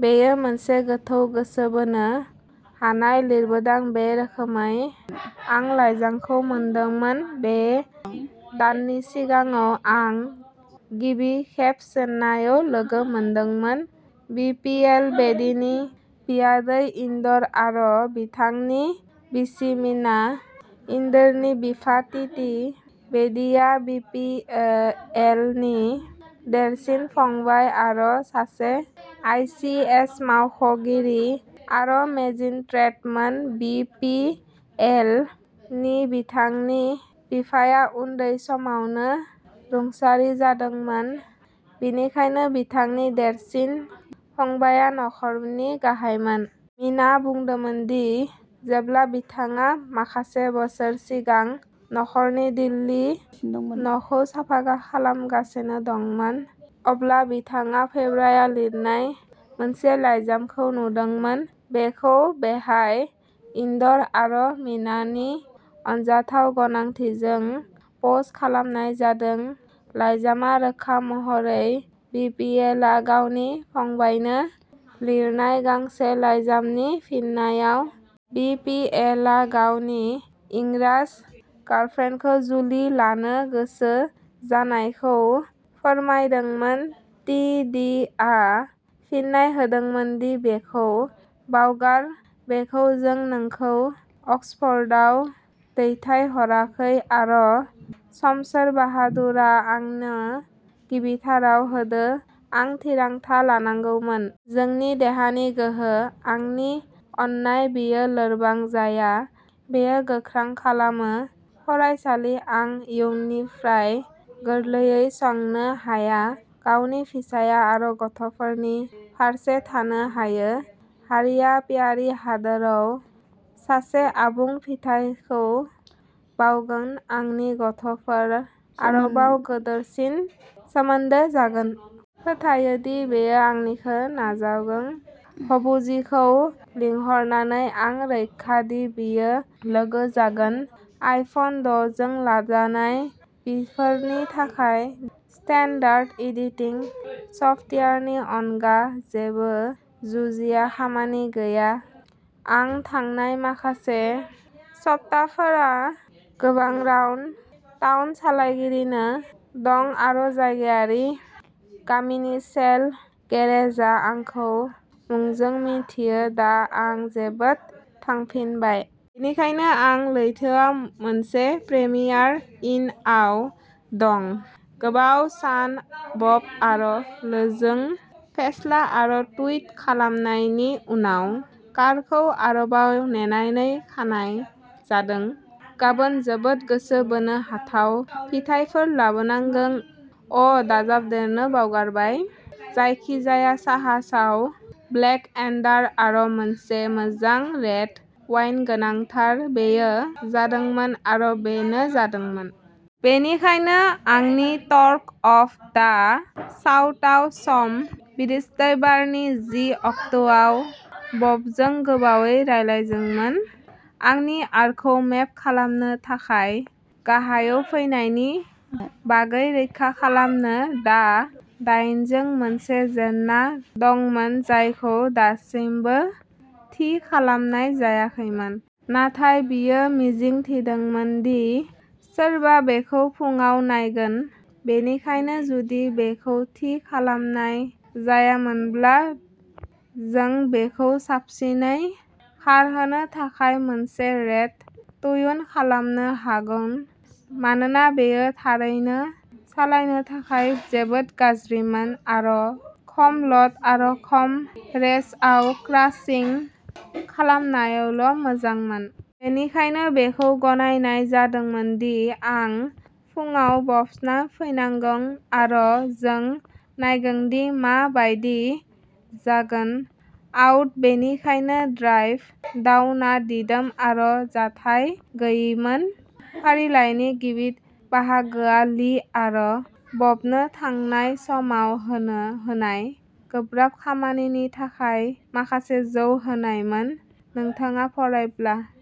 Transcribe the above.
बेयो मोनसे गोथौ गोसो बोनो हानाय लिरबिदां बे रोखोमै आं लाइजामखौ मोनदोंमोन। बे दाननि सिगाङाव आं गिबि खेब चेन्नाईआव लोगो मोनदोंमोन। बि पि एल बेदीनि बियादै, इन्दर आरो बिथांनि बिसि मिना। इन्दरनि बिफा, टि डि बेदीआ बि पि एल नि देरसिन फंबाय आरो सासे आइ सि एस मावख'गिरि आरो मेजिस्ट्रेटमोन बि पि एल नि बिफाया उन्दै समावनो रुंसारि जादोंमोन, बेनिखायनो बिथांनि देरसिन फंबायआ नखरनि गाहायमोन। मिनाआ बुंदोंमोन दि जेब्ला बिथाङा माखासे बोसोर सिगां नखरनि दिल्लीनि न'खौ साफा खालामगासिनो दंमोन, अब्ला बिथाङा फ्रेदाया लिरनाय मोनसे लाइजामखौ नुदोंमोन। बेखौ बेवहाय इन्दर आरो मीनानि अनजाथाव गनायथिजों पस्ट खालामनाय जादों। लाइजामआ रोखा महरै बि पि एल आ गावनि फंबायनो लिरनाय गांसे लाइजामनि फिननायाव। बि पि एल आ गावनि इंराज गार्लफ्रेन्डखौ जुलि लानो गोसो जानायखौ फोरमायदोंमोन टि डि आ फिननाय होदोंमोन दि बेखौ बावगार, बेखौ जों नोंखौ अक्सफर्डआव दैथायहराखै आरो शमशेर बाहादुर आ आंनो गिबिथाराव होदों। आं थिरांथा लानांगौमोन। जोंनि देहानि गोहो। आंनि अननाय बेयो लोरबां जाया, बेयो गोख्रों खालामो। फरायसालि। आं इयुननिफ्राय गोरलैयै सोंनो हाया। गावनि फिसाय आरो गथ'फोरनि फारसे थानो हायो। हारिआ पियारे हादोराव सासे आबुं फिथायखौ बावगोन। आंनि गथ'फोरा आरोबाव गिदिरसिन सोमोन्दो जागोन। फोथायो दि बियो आंनिखौ नाजावगोन। भबु जीखौ लिंहरनानै। आं रोखा दि बियो लोगो जागोन। आइफन द' जों लाजानाय, बिसोरनि थाखाय स्टान्डार्ड एडिटिं सफ्टवेयारनि अनगा जेबो जुजिया खामानि गैया। आं थांनाय माखासे सप्ताफोराव गोबां राउन्ड टाउन सालायगासिनो दं आरो जायगायारि गामिनि सेल गेरेजआ आंखौ मुंजों मिन्थियो, दा आं जेबोद थांफिनबाय। बेनिखायनो आं लैथोआव मोनसे प्रिमियार इनआव दं, गोबाव सान बब आरो लीजों फेस्ला आरो टुइक खालामनायनि उनाव, कारखौ आरोबाव नेनानै खानाय जादों। गाबोन जोबोद गोसो बोनो हाथाव फिथायफोर लाबोनांगोन अ' दाजाबदेरनो बावगारबाय जायखिजाया साहसआव ब्लेकएडार आरो मोनसे मोजां रेड वाइन गोनांथार बेयो जादोंमोन आरो बेनो जादोंमोन। बेनिखायनो आंनि टर्क अफ दा साउथआव सम। बृहस्पतिबारनि जि अक्ट'आव बबजों गोबावै रायज्लायदोंमोन आंनि आरखौ मेप खालामनो थाखाय गाहायाव फैनायनि बागै रोखा खालामनो। दा डायन'जों मोनसे जेंना दंमोन जायखौ दासिमबो थि खालामनाय जायाखैमोन नाथाय बियो मिजिं थिदोंमोन दि सोरबा बेखौ फुंआव नायगोन, बेनिखायनो जुदि बेखौ थि खालामनाय जायामोनब्ला जों बिखौ साबसिनै खारहोनो थाखाय मोनसे रोड ट्यून खालामनो हागौ मानोना बेयो थारैनो सालायनो थाखाय जोबोद गाज्रिमोन आरो खम ल'ड आरो खम रेव्सआव क्रासिं खालामनायावल' मोजांमोन। बेनिखायनो बेखौ गनायनाय जादोंमोन दि आं फुंआव बब्सनाव फैनांगोन आरो जों नायगोन दि मा बायदि जागोन। आउट। बेनिखायनो ड्राइभ डाउनआ दिदोम आरो जाथाय गैयैमोन। फारिलाइनि गिबि बाहागोआ लि आरो बबनो थांनाय समाव होनो होनाय गोब्राब खामानिनि थाखाय माखासे जौ होनायमोन। नोंथाङा फरायब्ला --